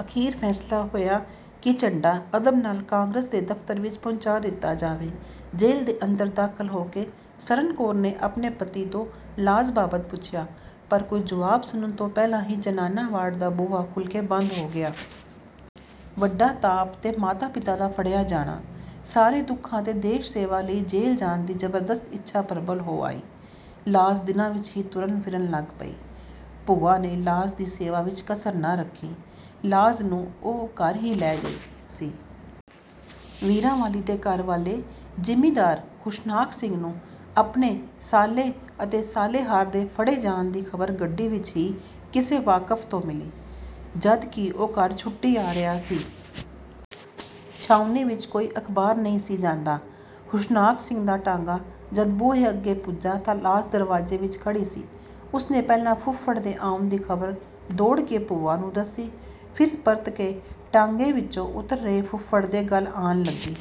ਅਖ਼ੀਰ ਫ਼ੈਸਲਾ ਹੋਇਆ ਕਿ ਝੰਡਾ ਅਦਬ ਨਾਲ ਕਾਂਗਰਸ ਦੇ ਦਫ਼ਤਰ ਵਿੱਚ ਪਹੁੰਚਾ ਦਿੱਤਾ ਜਾਵੇ। ਜੇਲ ਦੇ ਅੰਦਰ ਦਾਖ਼ਲ ਹੋ ਕੇ ਸਰਨ ਕੌਰ ਨੇ ਆਪਣੇ ਪਤੀ ਤੋਂ ਲਾਜ ਬਾਬਤ ਪੁਛਿਆ, ਪਰ ਕੋਈ ਜੁਆਬ ਸੁਣਨ ਤੋਂ ਪਹਿਲਾਂ ਹੀ ਜ਼ਨਾਨਾ ਵਾਰਡ ਦਾ ਬੂਹਾ ਖੁਲ੍ਹ ਕੇ ਬੰਦ ਹੋ ਗਿਆ। ਵੱਡਾ ਤਾਪ ਤੇ ਮਾਤਾ-ਪਿਤਾ ਦਾ ਫੜਿਆ ਜਾਣਾ, ਸਾਰੇ ਦੁਖਾਂ ਤੇ ਦੇਸ਼-ਸੇਵਾ ਲਈ ਜੇਲ ਜਾਣ ਦੀ ਜ਼ਬਰਦਸਤ ਇੱਛਾ ਪ੍ਰਬਲ ਹੋ ਆਈ। ਲਾਜ ਦਿਨਾਂ ਵਿੱਚ ਹੀ ਤੁਰਨ ਫਿਰਨ ਲਗ ਪਈ। ਭੂਆ ਨੇ ਲਾਜ ਦੀ ਸੇਵਾ ਵਿੱਚ ਕਸਰ ਨਾ ਰੱਖੀ, ਲਾਜ ਨੂੰ ਉਹ ਘਰ ਹੀ ਲੈ ਗਈ ਸੀ। ਵੀਰਾਂ ਵਾਲੀ ਦੇ ਘਰ ਵਾਲੇ ਜ਼ਿਮੀਦਾਰ ਹੁਸ਼ਨਾਕ ਸਿੰਘ ਨੂੰ ਆਪਣੇ ਸਾਲੇ ਅਤੇ ਸਾਲੇਹਾਰ ਦੇ ਫੜੇ ਜਾਣ ਦੀ ਖ਼ਬਰ ਗੱਡੀ ਵਿੱਚ ਹੀ ਕਿਸੇ ਵਾਕਫ਼ ਤੋਂ ਮਿਲੀ, ਜਦ ਕਿ ਉਹ ਘਰ ਛੁੱਟੀ ਆ ਰਿਹਾ ਸੀ। ਛਾਉਣੀ ਵਿੱਚ ਕੋਈ ਅਖ਼ਬਾਰ ਨਹੀਂ ਸੀ ਜਾਂਦਾ। ਹੁਸ਼ਨਾਕ ਸਿੰਘ ਦਾ ਟਾਂਗਾ ਜਦ ਬੂਹੇ ਅੱਗੇ ਪੁੱਜਾ ਤਾਂ ਲਾਜ ਦਰਵਾਜ਼ੇ ਵਿੱਚ ਖੜ੍ਹੀ ਸੀ। ਉਸ ਨੇ ਪਹਿਲਾਂ ਫੁੱਫੜ ਦੇ ਆਉਣ ਦੀ ਖ਼ਬਰ ਦੌੜ ਕੇ ਭੂਆ ਨੂੰ ਦੱਸੀ, ਫਿਰ ਪਰਤ ਕੇ ਟਾਂਗੇ ਵਿਚੋਂ ਉਤਰ ਰਹੇ ਫੁੱਫੜ ਦੇ ਗਲ ਆਣ ਲੱਗੀ।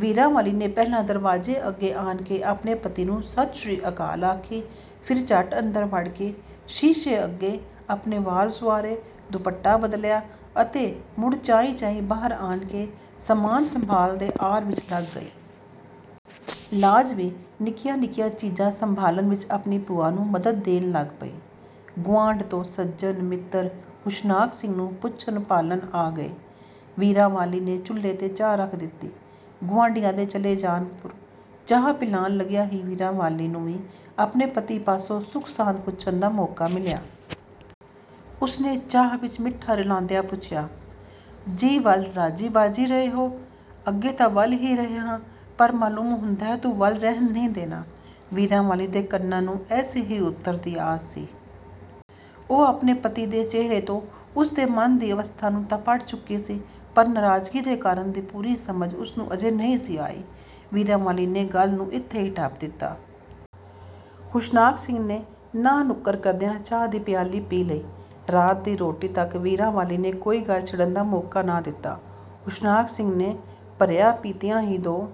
ਵੀਰਾਂ ਵਾਲੀ ਨੇ ਪਹਿਲਾਂ ਦਰਵਾਜ਼ੇ ਅਗੇ ਆਣ ਕੇ ਆਪਣੇ ਪਤੀ ਨੂੰ ਸਤਿ ਸ੍ਰੀ ਅਕਾਲ ਆਖੀ, ਫਿਰ ਝਟ ਅੰਦਰ ਵੜ ਕੇ ਸ਼ੀਸ਼ੇ ਅੱਗੇ ਆਪਣੇ ਵਾਲ ਸੁਆਰੇ, ਦੁਪੱਟਾ ਬਦਲਿਆ ਅਤੇ ਮੁੜ ਚਾਈਂ-ਚਾਈਂ ਬਾਹਰ ਆਣ ਕੇ ਸਾਮਾਨ ਸੰਭਾਲਣ ਦੇ ਆਰ ਵਿੱਚ ਲਗ ਗਈ। ਲਾਜ ਵੀ ਨਿੱਕੀਆਂ-ਨਿੱਕੀਆਂ ਚੀਜ਼ਾਂ ਸੰਭਾਲਣ ਵਿੱਚ ਆਪਣੀ ਭੂਆ ਨੂੰ ਮਦਦ ਦੇਣ ਲੱਗ ਪਈ। ਗੁਆਂਢ ਤੋਂ ਸੱਜਣ ਮਿੱਤਰ ਹੁਸ਼ਨਾਕ ਸਿੰਘ ਨੂੰ ਪੁੱਛਣ ਭਾਲਣ ਆ ਗਏ। ਵੀਰਾਂ ਵਾਲੀ ਨੇ ਚੁੱਲ੍ਹੇ ਤੇ ਚਾਹ ਰਖ ਦਿੱਤੀ। ਗੁਆਂਢੀਆਂ ਦੇ ਚਲੇ ਜਾਣ ਪੁਰ ਚਾਹ ਪਿਲਾਣ ਲਗਿਆਂ ਹੀ ਵੀਰਾਂ ਵਾਲੀ ਨੂੰ ਵੀ ਆਪਣੇ ਪਤੀ ਪਾਸੋਂ ਸੁੱਖ-ਸਾਂਦ ਪੁੱਛਣ ਦਾ ਮੌਕਾ ਮਿਲਿਆ। ਉਸ ਨੇ ਚਾਹ ਵਿੱਚ ਮਿਠਾ ਰਲਾਂਦਿਆਂ ਪੁਛਿਆ: ਜੀ ਵਲ ਰਾਜ਼ੀ ਬਾਜ਼ੀ ਰਹੇ ਹੋ? "ਅੱਗੇ ਤਾਂ ਵੱਲ ਹੀ ਰਹੇ ਹਾਂ ਪਰ ਮਾਲੂਮ ਹੁੰਦਾ ਹੈ ਤੂੰ ਵੱਲ ਰਹਿਣ ਨਹੀਂ ਦੇਣਾ"। ਵੀਰਾਂ ਵਾਲੀ ਦੇ ਕੰਨਾਂ ਨੂੰ ਐਸੇ ਹੀ ਉਤਰ ਦੀ ਆਸ ਸੀ। ਉਹ ਆਪਣੇ ਪਤੀ ਦੇ ਚਿਹਰੇ ਤੋਂ ਉਸ ਦੇ ਮਨ ਦੀ ਅਵਸਥਾ ਨੂੰ ਤਾਂ ਪੜ੍ਹ ਚੁਕੀ ਸੀ, ਪਰ ਨਰਾਜ਼ਗੀ ਦੇ ਕਾਰਨ ਦੀ ਪੂਰੀ ਸਮਝ ਉਸ ਨੂੰ ਅਜੇ ਨਹੀਂ ਸੀ ਆਈ। ਵੀਰਾਂ ਵਾਲੀ ਨੇ ਗੱਲ ਨੂੰ ਇੱਥੇ ਹੀ ਠੱਪ ਦਿੱਤਾ। ਹੁਸ਼ਨਾਕ ਸਿੰਘ ਨੇ ਨਾਂਹ-ਨੁਕਰ ਕਰਦਿਆਂ ਚਾਹ ਦੀ ਪਿਆਲੀ ਪੀ ਲਈ। ਰਾਤ ਦੀ ਰੋਟੀ ਤੱਕ ਵੀਰਾਂ ਵਾਲੀ ਨੇ ਕੋਈ ਗੱਲ ਛਿੜਨ ਦਾ ਮੌਕਾ ਨਾ ਦਿੱਤਾ। ਹੁਸ਼ਨਾਕ ਸਿੰਘ ਨੇ ਭਰਿਆਂ ਪੀਤਿਆਂ ਹੀ ਦੋ